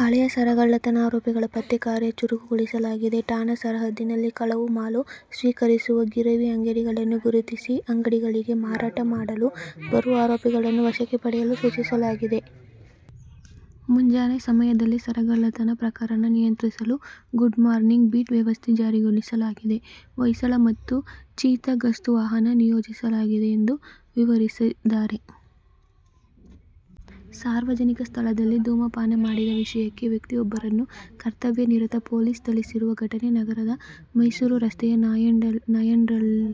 ಹಳೆಯ ಸರಗಳ್ಳತನ ಆರೋಪಿಗಳ ಪತ್ತೆ ಕಾರ್ಯ ಚುರುಕುಗೊಳಿಸಲಾಗಿದೆ. ಠಾಣಾ ಸರಹದ್ದಿನಲ್ಲಿ ಕಳವು ಮಾಲು ಸ್ವೀಕರಿಸುವ ಗಿರವಿ ಅಂಗಡಿಗಳನ್ನು ಗುರುತಿಸಿ ಅಂಗಡಿಗಳಿಗೆ ಮಾರಾಟ ಮಾಡಲು ಬರುವ ಆರೋಪಿಗಳನ್ನು ವಶಕ್ಕೆ ಪಡೆಯಲು ಸೂಚಿಸಲಾಗಿದೆ. ಮುಂಜಾನೆ ಸಮಯದಲ್ಲಿ ಸರಗಳ್ಳತನ ಪ್ರಕರಣ ನಿಯಂತ್ರಿಸಲು ಗುಡ್ ಮಾರ್ನಿಂಗ್ ಬೀಟ್ ವ್ಯವಸ್ಥೆ ಜಾರಿಗೊಳಿಸಲಾಗಿದೆ. ಹೊಯ್ಸಳ ಮತ್ತು ಚೀತಾ ಗಸ್ತು ವಾಹನ ನಿಯೋಜಿಸಲಾಗಿದೆ ಎಂದು ವಿವರಿಸಿದ್ದಾರೆ. ಸಾರ್ವಜನಿಕ ಸ್ಥಳದಲ್ಲಿ ಧೂಮಪಾನ ಮಾಡಿದ ವಿಷಯಕ್ಕೆ ವ್ಯಕ್ತಿಯೊಬ್ಬರನ್ನು ಕರ್ತವ್ಯ ನಿರತ ಪೊಲೀಸ್ ಥಳಿಸಿರುವ ಘಟನೆ ನಗರದ ಮೈಸೂರು ರಸ್ತೆಯ ನಾಯಂಡಹಳ್ಳಿ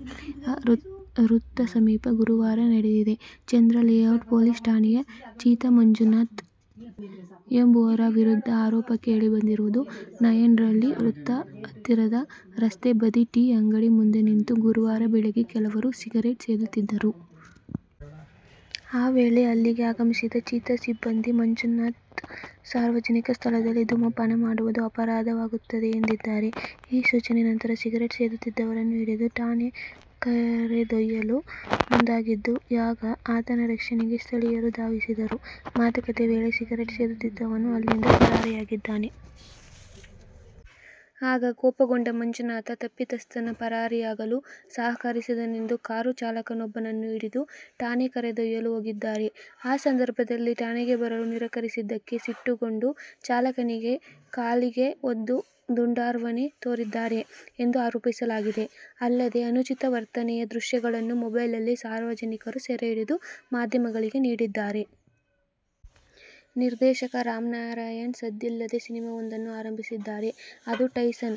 ವೃತ್ತ ಸಮೀಪ ಗುರುವಾರ ನಡೆದಿದೆ. ಚಂದ್ರಾಲೇಔಟ್ ಪೊಲೀಸ್ ಠಾಣೆಯ ''''''ಚೀತಾ'' ಮಂಜುನಾಥ ಎಂಬುವರ ವಿರುದ್ಧ ಆರೋಪ ಕೇಳಿ ಬಂದಿರುವುದು. ನಾಯಂಡಹಳ್ಳಿ ವೃತ್ತ ಹತ್ತಿರದ ರಸ್ತೆ ಬದಿ ಟೀ ಅಂಗಡಿ ಮುಂದೆ ನಿಂತು ಗುರುವಾರ ಬೆಳಗ್ಗೆ ಕೆಲವರು ಸಿಗರೇಟ್ ಸೇದುತ್ತಿದ್ದರು. ಆ ವೇಳೆ ಅಲ್ಲಿಗೆ ಆಗಮಿಸಿದ ಚೀತಾ ಸಿಬ್ಬಂದಿ ಮಂಜುನಾಥ, ಸಾರ್ವಜನಿಕ ಸ್ಥಳದಲ್ಲಿ ಧೂಮಪಾನ ಮಾಡುವುದು ಅಪರಾಧವಾಗುತ್ತದೆ ಎಂದಿದ್ದಾರೆ. ಈ ಸೂಚನೆ ನಂತರ ಸಿಗರೇಟ್ ಸೇದುತ್ತಿದ್ದವನನ್ನು ಹಿಡಿದು ಠಾಣೆ ಕರೆದೊಯ್ಯಲು ಮುಂದಾಗಿದ್ದು, ಆಗ ಆತನ ರಕ್ಷಣೆಗೆ ಸ್ಥಳೀಯರು ಧಾವಿಸಿದರು. ಮಾತುಕತೆ ವೇಳೆ ಸಿಗರೇಟ್ ಸೇದುತ್ತಿದ್ದವನು ಅಲ್ಲಿಂದ ಪರಾರಿಯಾಗಿದ್ದಾನೆ. ಆಗ ಕೋಪಗೊಂಡ ಮಂಜುನಾಥ, ತಪ್ಪಿತಸ್ಥನ ಪರಾರಿಯಾಗಲು ಸಹಕರಿಸಿದನೆಂದು ಕಾರು ಚಾಲಕನೊಬ್ಬನನ್ನು ಹಿಡಿದು ಠಾಣೆ ಕರೆದೊಯ್ಯಲು ಹೋಗಿದ್ದಾರೆ. ಆ ಸಂದರ್ಭದಲ್ಲಿ ಠಾಣೆಗೆ ಬರಲು ನಿರಾಕರಿಸಿದಕ್ಕೆ ಸಿಟ್ಟುಗೊಂಡು ಚಾಲಕನಿಗೆ ಕಾಲಿನ ಒದ್ದು ದುಂಡಾರ್ವನೆ ತೋರಿದ್ದಾರೆ ಎಂದು ಆರೋಪಿಸಲಾಗಿದೆ. ಅಲ್ಲದೆ ಅನುಚಿತ ವರ್ತನೆಯ ದೃಶ್ಯಗಳನ್ನು ಮೊಬೈಲ್ನಲ್ಲಿ ಸಾರ್ವಜನಿಕರು ಸೆರೆ ಹಿಡಿದು ಮಾಧ್ಯಮಗಳಿಗೆ ನೀಡಿದ್ದಾರೆ. ನಿರ್ದೇಶಕ ರಾಮ್ನಾರಾಯಣ್ ಸದ್ದಿಲ್ಲದೇ ಸಿನಿಮಾವೊಂದನ್ನು ಆರಂಭಿಸಿದ್ದಾರೆ. ಅದು "ಟೈಸನ್'.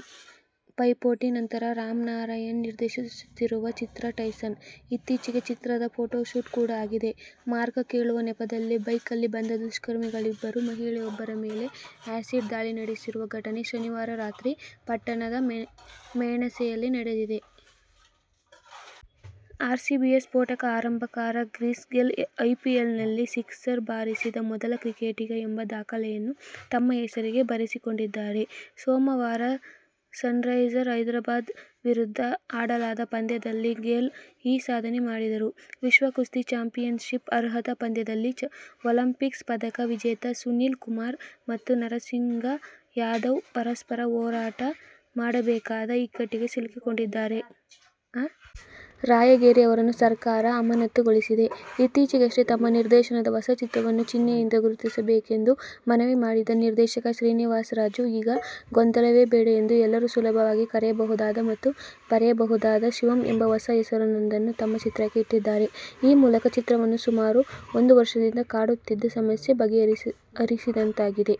"ಪೈಪೋಟಿ' ನಂತರ ರಾಮ್ನಾರಾಯಣ್ ನಿರ್ದೇಶಿಸುತ್ತಿರುವ ಚಿತ್ರ "ಟೈಸನ್'. ಇತ್ತೀಚೆಗೆ ಚಿತ್ರದ ಫೋಟೋಶೂಟ್ ಕೂಡಾ ಆಗಿದೆ. ಮಾರ್ಗ ಕೇಳುವ ನೆಪದಲ್ಲಿ ಬೈಕ್ನಲ್ಲಿ ಬಂದ ದುಷ್ಕರ್ಮಿಗಳಿಬ್ಬರು ಮಹಿಳೆಯೊಬ್ಬರ ಮೇಲೆ ಆ್ಯಸಿಡ್ ದಾಳಿ ನಡೆಸಿರುವ ಘಟನೆ ಶನಿವಾರ ರಾತ್ರಿ ಪಟ್ಟಣದ ಮೆಣಸೆಯಲ್ಲಿ ನಡೆದಿದೆ. ಆರ್ಸಿಬಿಯ ಸ್ಫೋಟಕ ಆರಂಭಕಾರ ಕ್ರಿಸ್ ಗೇಲ್ ಐಪಿಎಲ್ನಲ್ಲಿ ಸಿಕ್ಸರ್ ಬಾರಿಸಿದ ಮೊದಲ ಕ್ರಿಕೆಟಿಗ ಎಂಬ ದಾಖಲೆಯನ್ನು ತಮ್ಮ ಹೆಸರಿಗೆ ಬರೆಸಿಕೊಂಡಿದ್ದಾರೆ. ಸೋಮವಾರ ಸನ್ರೈಸರ್ ಹೈದರಾಬಾದ್ ವಿರುದ್ಧ ಆಡಲಾದ ಪಂದ್ಯದಲ್ಲಿ ಗೇಲ್ ಈ ಸಾಧನೆ ಮಾಡಿದರು. ವಿಶ್ವ ಕುಸ್ತಿ ಚಾಂಪಿಯನ್ಶಿಪ್ನ ಅರ್ಹತಾ ಪಂದ್ಯದಲ್ಲಿ ಒಲಿಂಪಿಕ್ಸ್ ಪದಕ ವಿಜೇತ ಸುಶೀಲ್ ಕುಮಾರ್ ಮತ್ತು ನರಸಿಂಗ ಯಾದವ್ ಪರಸ್ಪರ ಹೋರಾಟ ಮಾಡಬೇಕಾದ ಇಕ್ಕಟ್ಟಿಗೆ ಸಿಲುಕಿಕೊಂಡಿದ್ದಾರೆ. ರಾಯಗೇರಿ ಅವರನ್ನು ಸರ್ಕಾರ ಅಮಾನತುಗೊಳಿಸಿದೆ. ಇತ್ತೀಚೆಗಷ್ಟೇ ತಮ್ಮ ನಿರ್ದೇಶನದ ಹೊಸ ಚಿತ್ರವನ್ನು ಚಿಹ್ನೆಯಿಂದ ಗುರುತಿಸಬೇಕೆಂದು ಮನವಿ ಮಾಡಿದ್ದ ನಿರ್ದೇಶಕ ಶ್ರೀನಿವಾಸರಾಜು, ಈಗ ಗೊಂದಲವೇ ಬೇಡ ಎಂದು ಎಲ್ಲರೂ ಸುಲಭವಾಗಿ ಕರೆಯಬಹುದಾದ ಮತ್ತು ಬರೆಯಬಹುದಾದ "ಶಿವಂ' ಎಂಬ ಹೊಸ ಹೆಸರೊಂದನ್ನು ತಮ್ಮ ಚಿತ್ರಕ್ಕೆ ಇಟ್ಟಿದ್ದಾರೆ. ಈ ಮೂಲಕ ಚಿತ್ರವನ್ನು ಸುಮಾರು ಒಂದು ವರ್ಷದಿಂದ ಕಾಡುತ್ತಿದ್ದ ಸಮಸ್ಯೆ ಬಗೆಹರಿದಂತಾಗಿದೆ.